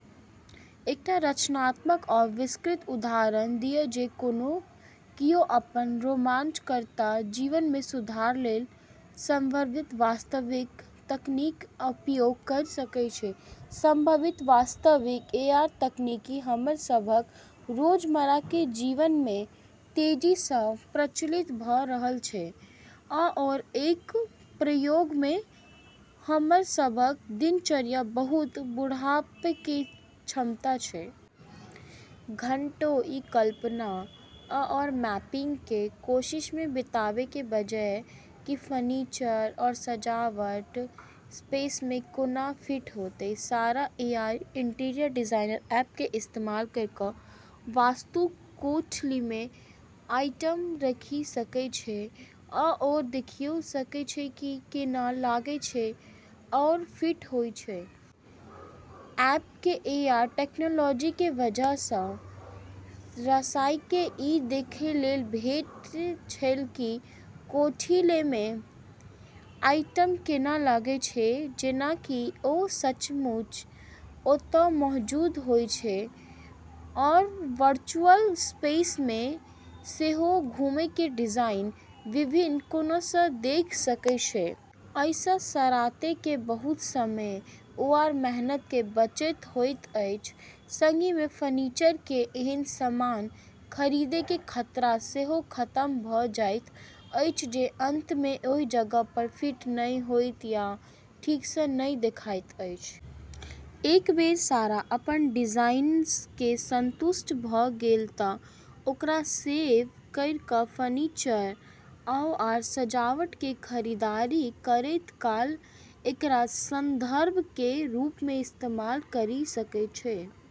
एकटा रचनात्मक आ विस्तृत उदाहरण दिअ जे कोना कियो अपन रोमांचकर्ता जीवनमे सुधारके लेल संवर्धित वास्तविकता तकनीकके उपयोग करि सकै छै। संवर्धित वास्तविकता (एआर) तकनीक हमर सबहक रोजमर्राके जीवनमे तेजीसँ प्रचलित भ' रहल छै आओर एकर प्रयोगमे हमर सबहक दिनचर्याके बहुत बढ़ाबैके क्षमता छै। घंटों ई कल्पना आओर मापैके कोशिशमे बिताबैके बजाय कि फर्नीचर आओर सजावट स्पेसमे केना फिट हेतै, सारा एआर इंटीरियर डिजाइन ऐपके इस्तेमाल करिके वस्तुतः कोठलीमे आइटम राखि सकै छै आओर देखि सकै छै कि ई केना लगै छै और फिट होइ छै। ऐप केर एआर टेक्नोलॉजीके वजहसँ साराके ई देखै लेल भेटै छै कि कोठलीमे आइटम केना लगै छै जेना कि ओ सचमुच ओतऽ मौजूद होइ, आओर ओ वर्चुअल स्पेसमे सेहो घुमिके डिजाइनके विभिन्न कोणासँ देखि सकै छै। एहिसँ साराके त' बहुत समय आओर मेहनतके बचत होइत अछि, संगहि फर्नीचरके एहन सामान खरीदैके खतरा सेहो खतम भ' जाइत अछि जे अंततः ओहि जगह पर फिट नहि होइत या ठीकसँ नहि देखाइत अएछ। एक बेर सारा अपन डिजाइन क सन्तुष्ट भ' गेल त' ओकरा सेव करिके फर्नीचर आओर सजावटके खरीदारी करैत काल एकरा संदर्भके रूपमे इस्तेमाल करि सकै छै।